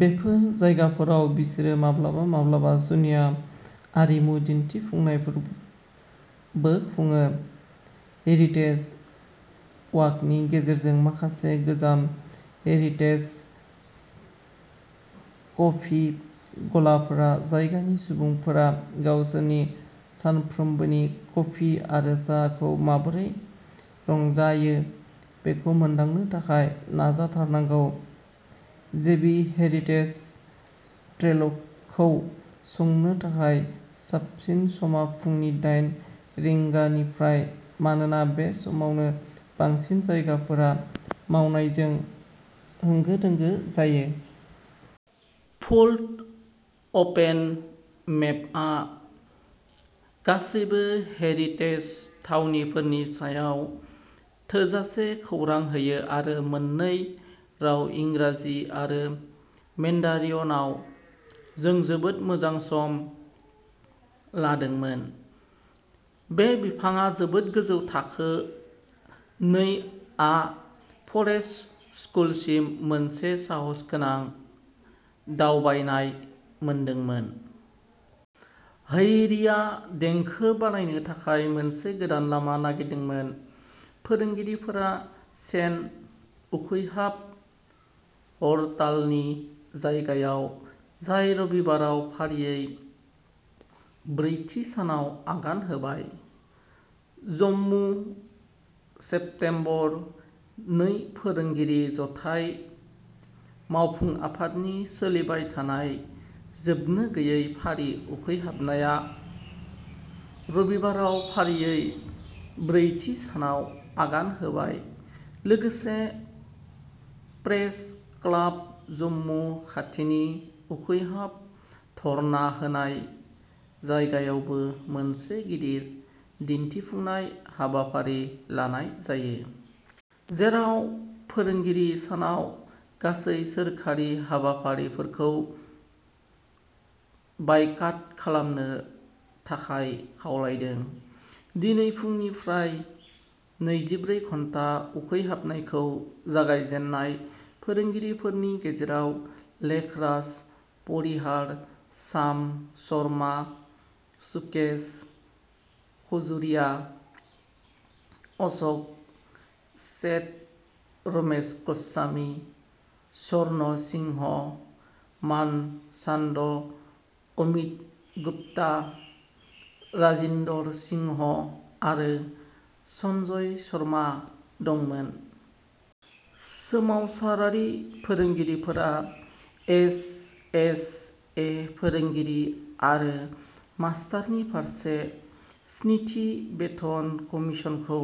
बेफोर जायगाफोराव बिसोरो माब्लाबा-माब्लाबा जुनिया आरिमु दिन्थिफुंनायफोरबो खुङो। हेरिटेज वाकनि गेजेरजों माखासे गोजाम हेरिटेज कफि गलाफोरा जायगानि सुबुंफोरा गावसोरनि सानफ्रोमबोनि कफि आरो साहाखौ माबोरै रंजायो बेखौ मोनदांनो थाखाय नाजाथारनांगौ। जेबि हेरिटेज ट्रेलखौ संनो थाखाय साबसिन समा फुंनि दाइन रिंगानिफ्राय मानोना बे समावनो बांसिन जायगाफोरा मावनायजों होंगो-दोंगो जायो। फोल्ड अपेन मेपआ गासैबो हेरिटेज थावनिफोरनि सायाव थोजासे खौरां होयो आरो मोननै राव इंराजि आरो मेन्डारिनआव। जों जोबोद मोजां सम लादोंमोन। बे बिफांआ जोबोद गोजौ थाखो नै आ फरेस्ट स्कुलसिम मोनसे साहसगोनां दावबायनाय मोनदोंमोन। हैरीआ देंखो बानायनो थाखाय मोनसे गोदान लामा नागिरदोंमोन। फोरोंगिरिफोरा चेन उखैहाब हरतालनि जायगायाव, जाय रबिबाराव फारियै ब्रैथि सानाव आगान होबाय। जम्मु सेप्तेम्बर नै फोरोंगिरि जथाय मावफुं आफादनि सोलिबाय थानाय जोबनो गोयै फारि उखैहाबनाया रबिबाराव फारियै ब्रैथि सानाव आगान होबाय लोगोसे प्रेस क्लाब जम्मु खाथिनि उखैहाब धर्ना होनाय जायगायावबो मोनसे गिदिर दिन्थिफुंनाय हाबाफारि लानाय जायो। जेराव फोरोंगिरि सानाव गासै सोरखारि हाबाफारिफोरखौ बायकाट खालामनो थाखाय खावलायदों। दिनै फुंनिफ्राय नैजिब्रै घन्टा उखैहाबनायखौ जागायजेननाय फोरोंगिरिफोरनि गेजेराव लेख राज परिहार, शाम शर्मा, सुकेश खजुरिया, अश'क सेठ, रमेश गस्वामी, स्वर्ण सिंह, मान चान्द, अमित गुप्ता, राजिन्दर सिंह आरो सन्जय शर्मा दंमोन। सोमावसारारि फोरोंगिरिफोरा एस एस ए फोरोंगिरि आरो मास्तारनि फारसे स्निथि बेथन कमिसनखौ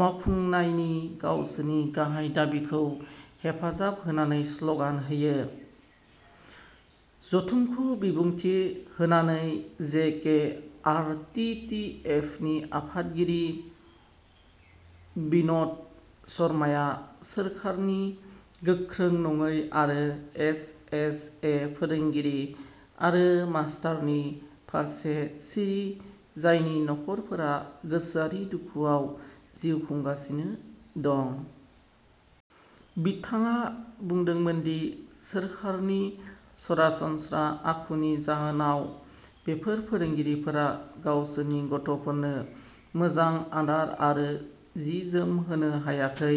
मावफुंनायनि गावसोरनि गाहाय दाबिखौ हेफाजाब होनानै स्लगान होयो। जथुमखौ बिबुंथि होनानै J K R T T एफनि आफादगिरि बिनद शर्माया सोरखारनि गोख्रों नङै आरो एस एस ए फोरोंगिरि आरो मास्तारनि फारसे सिरि जायनि नखरफोरा गोसोआरि दुखुआव जिउ खुंगासिनो दं। बिथाङा बुंदोंमोन दि सोरखारनि सरासनस्रा आखुनि जाहोनाव बेफोर फोरोंगिरिफोरा गावसोरनि गथ'फोरनो मोजां आदार आरो जि जोम होनो हायाखै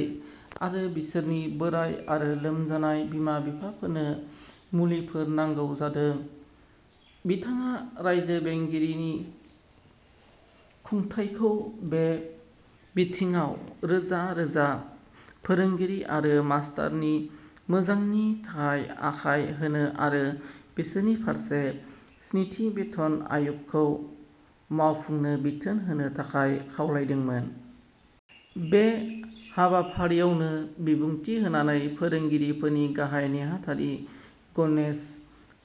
आरो बिसोरनि बोराय आरो लोमजानाय बिमा-बिफाफोरनो मुलिफोर नांगौ जादों। बिथाङा रायजो बेंगिरिनि खुंथायखौ बे बिथिङाव रोजा-रोजा फोरोंगिरि आरो मास्तारनि मोजांनि थाखाय आखाय होनो आरो बिसोरनि फारसे स्निथि बेथन आय'गखौ मावफुंनो बिथोन होनो थाखाय खावलायदोंमोन। बे हाबाफारियावनो बिबुंथि होनानै फोरोंगिरि फोरनि गाहाय नेहाथारि गनेश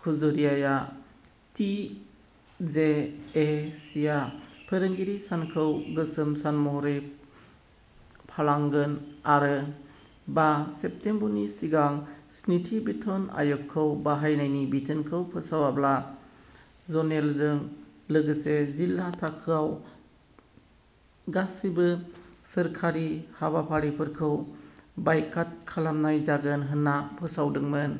खजुरियाया टि जे ए सीआ फोरोंगिरि सानखौ गोसोम सान महरै फालांगोन आरो बा सेप्तेम्बरनि सिगां स्निथि बेथन आय'गखौ बाहायनायनि बिथोनखौ फोसावाब्ला ज'नेलजों लोगोसे जिल्ला थाखोआव गासैबो सोरखारि हाबाफारिफोरखौ बायकाट खालामनाय जागोन होनना फोसावदोंमोन।